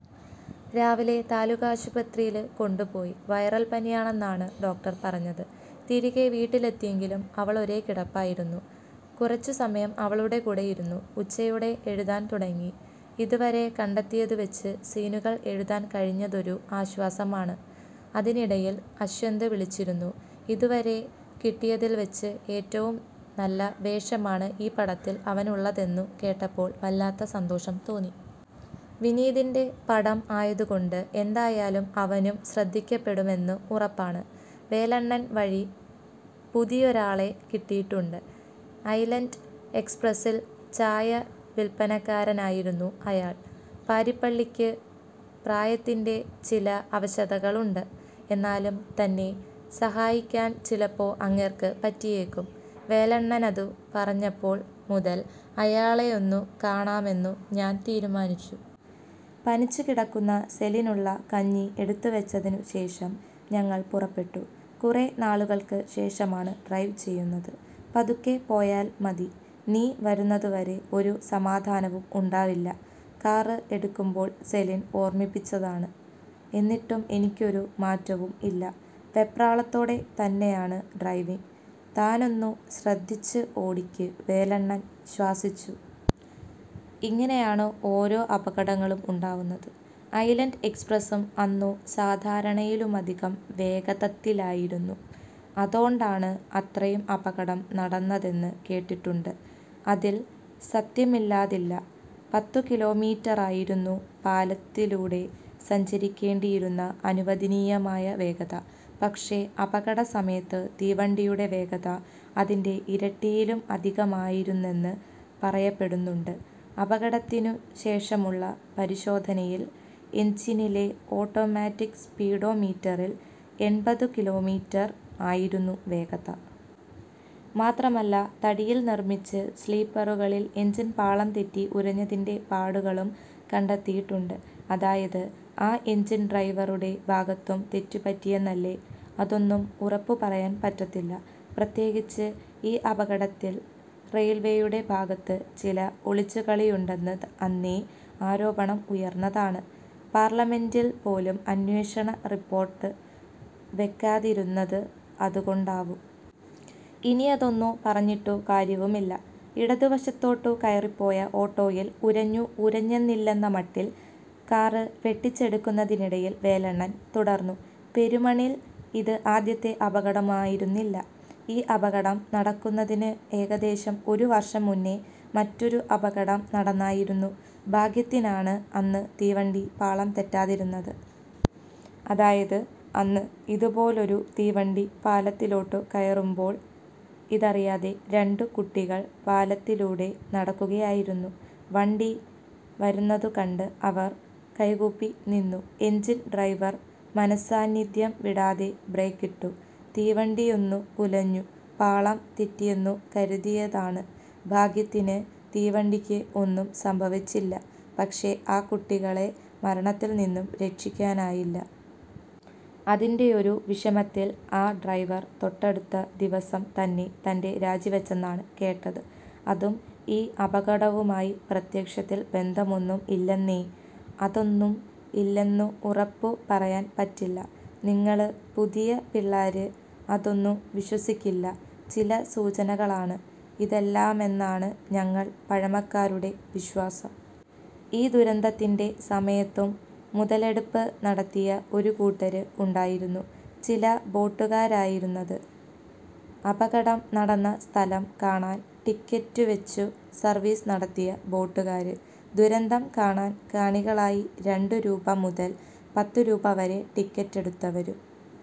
രാവിലെ താലൂക്കാശുപത്രീല് കൊണ്ടുപോയി. Viral പനിയാണെന്നാണ് doctor പറഞ്ഞത്. തിരികെ വീട്ടിലെത്തിയെങ്കിലും അവളൊരേ കിടപ്പായിരുന്നു. കുറച്ചു സമയം അവളുടെകൂടെ ഇരുന്നു. ഉച്ചയോടെ എഴുതാൻ തുടങ്ങി. ഇതുവരെ കണ്ടെത്തിയതുവെച്ച് സീനുകൾ എഴുതാൻ കഴിഞ്ഞതൊരു ആശ്വാസമാണ്. അതിനിടയിൽ അശ്വന്ത് വിളച്ചിരുന്നു. ഇതുവരെ കിട്ടിയതിൽവെച്ച് ഏറ്റവും നല്ല വേഷമാണ് ഈ പടത്തിൽ അവനുള്ളതെന്നു കേട്ടപ്പോൾ വല്ലാത്ത സന്തോഷം തോന്നി. വിനീതിന്റെ പടം ആയതുകൊണ്ട് എന്തായാലും അവനും ശ്രദ്ധിക്കപ്പെടുമെന്നു ഉറപ്പാണ്. വേലണ്ണൻ വഴി പുതിയൊരാളെ കിട്ടിയിട്ടുണ്ട്. ഐലന്റ് എക്സ്പ്രസിൽ ചായ വിൽപ്പനക്കാരനായിരുന്നു അയാൾ. "പാരിപ്പിള്ളയ്ക്ക് പ്രായത്തിന്റെ ചില അവശതകളൊണ്ട്. എന്നാലും തന്നെ സഹായിക്കാൻ ചിലപ്പോ അങ്ങേർക്ക് പറ്റിയേക്കും. " വേലണ്ണനതു പറഞ്ഞപ്പോൾ മുതൽ അയാളെയൊന്നു കാണാമെന്നു ഞാൻ തീരുമാനിച്ചു. പനിച്ചുകിടക്കുന്ന സെലിനുള്ള കഞ്ഞി എടുത്തുവെച്ചതിനു ശേഷം ഞങ്ങൾ പുറപ്പെട്ടു. കുറേ നാളുകൾക്ക് ശേഷമാണ് ഡ്രൈവ് ചെയ്യുന്നത്. 'പതുക്കെ പോയാല് മതി. നീ വരുന്നതുവരെ ഒരു സമാധാനവും ഉണ്ടാവില്ല' കാറ് എടുക്കുമ്പോൾ സെലിൻ ഓർമ്മിപ്പിച്ചതാണ്. എന്നിട്ടും എനിക്കൊരു മാറ്റവും ഇല്ല. വെപ്രാളത്തോടെ തന്നെയാണ് ഡ്രൈവിംഗ്. "താനൊന്നു ശ്രദ്ധിച്ച് ഓടിക്ക്", വേലണ്ണൻ ശ്വാസിച്ചു. "ഇങ്ങനാണ് ഓരോ അപകടങ്ങളും ഉണ്ടാവുന്നത്. ഐലന്റ് എക്സ്പ്രസും അന്നു സാധാരണയിലുമധികം വേഗതത്തിലായിരുന്നു. അതോണ്ടാണ് അത്രയും അപകടം നടന്നതെന്ന് കേട്ടിട്ടുണ്ട്. " "അതിൽ സത്യമില്ലാതില്ല. പത്തുകിലോമീറ്ററായിരുന്നു പാലത്തിലുടെ സഞ്ചരിക്കേണ്ടിയിരുന്ന അനുവദിനീയമായ വേഗത. പക്ഷേ, അപകട സമയത്ത് തീവണ്ടിയുടെ വേഗത അതിന്റെ ഇരട്ടിയിലും അധികമായിരുന്നെന്ന് പറയപ്പെടുന്നുണ്ട്. അപകടത്തിനു ശേഷമുള്ള പരിശോധനയിൽ എഞ്ചിനിലെ ഓട്ടോമാറ്റിക് സ്പീഡോ മീറ്ററിൽ എൺപതുകിലോമീറ്റർ ആയിരുന്നു വേഗത! മാത്രമല്ല, തടിയിൽ നിർമിച്ച് സ്ലീപ്പറുകളിൽ എഞ്ചിൻ പാളംതെറ്റി ഉരഞ്ഞതിന്റെ പാടുകളും കണ്ടെത്തിയിട്ടുണ്ട്" "അതായത് ആ എഞ്ചിൻ ഡ്രൈവറുടെ ഭാഗത്തും തെറ്റുപറ്റിയെന്നല്ലേ? " "അതൊന്നും ഉറപ്പു പറയാൻ പറ്റത്തില്ല. പ്രത്യേകിച്ച് ഈ അപകടത്തിൽ റെയിൽവേയുടെ ഭാഗത്ത് ചില ഒളിച്ചുകളിയുണ്ടെന്ന് അന്നേ ആരോപണം ഉയർന്നതാണ്. പാർലമെൻ്റിൽ പോലും അന്വേഷണ റിപ്പോർട്ട് വെക്കാതിരുന്നത് അതുകൊണ്ടാവും. ഇനിയതൊന്നു പറഞ്ഞിട്ടു കാര്യവുമില്ല. " ഇടതു വശത്തോട്ടു കയറിപ്പോയ ഓട്ടോയിൽ ഉരഞ്ഞു ഉരഞ്ഞെന്നില്ലെന്ന മട്ടിൽ കാറ് വെട്ടിച്ചെടുക്കുന്നതിനിടയിൽ വേലണ്ണൻ തുടർന്നു. "പെരുമണിൽ ഇത് ആദ്യത്തെ അപകടമായിരുന്നില്ല. ഈ അപകടം നടക്കുന്നതിന് ഏകദേശം ഒരു വർഷം മൂന്നെ മറ്റൊരു അപകടം നടന്നായിരുന്നു. ഭാഗ്യത്തിനാണ് അന്ന് തീവണ്ടി പാളം തെറ്റാതിരുന്നത്. അതായത്; അന്ന് ഇതുപോലൊരു തീവണ്ടി പാലത്തിലോട്ടു കയറുമ്പോൾ ഇതറിയാതെ രണ്ടു കുട്ടികൾ പാളത്തിലുടെ നടക്കുകയായിരുന്നു. വണ്ടി വരുന്നതു കണ്ട് അവര് കൈകൂപ്പി നിന്നു. എഞ്ചിൻ ഡ്രൈവർ മനസ്സാന്നിദ്ധ്യം വിടാതെ ബ്രേക്കിട്ടു. തീവണ്ടിയൊന്നു ഉലഞ്ഞു. പാളം തെറ്റിയെന്നു കരുതിയതാണ്. ഭാഗ്യത്തിന് തീവണ്ടിയ്ക്ക് ഒന്നും സംഭവിച്ചില്ല. പക്ഷേ, ആ കുട്ടികളെ മരണത്തിൽ നിന്നും രക്ഷിക്കാനായില്ല. അതിന്റെയൊരു വിഷമത്തിൽ ആ ഡ്രൈവർ തൊട്ടടുത്ത ദിവസം തന്നെ തന്റെ രാജിവെച്ചെന്നാണ് കേട്ടത്. " "അതും ഈ അപകടവുമായി പ്രത്യക്ഷത്തിൽ ബന്ധമൊന്നും ഇല്ലന്നേ. " "അതൊന്നും ഇല്ലെന്നു ഉറപ്പു പറയാൻ പറ്റില്ല. നിങ്ങള് പുതിയ പിള്ളാര് അതൊന്നു വിശ്വസിക്കില്ല. ചില സൂചനകളാണ് ഇതെല്ലാമെന്നാണ് ഞങ്ങൾ പഴമക്കാരുടെ വിശ്വാസം. ഈ ദുരന്തത്തിൻ്റെ സമയത്തും മുതലെടുപ്പ് നടത്തിയ ഒരുകൂട്ടര് ഉണ്ടായിരുന്നു. ചില ബോട്ടുകാരായിരുന്നത്. അപകടം നടന്ന സ്ഥലം കാണാൻ ടിക്കറ്റുവെച്ചു സർവീസ് നടത്തിയ ബോട്ടുകാര്! ദുരന്തം കാണാൻ കാണികളായി രണ്ടു രൂപ മുതൽ പത്തുരൂപവരെ ടിക്കറ്റെടുത്തവരും.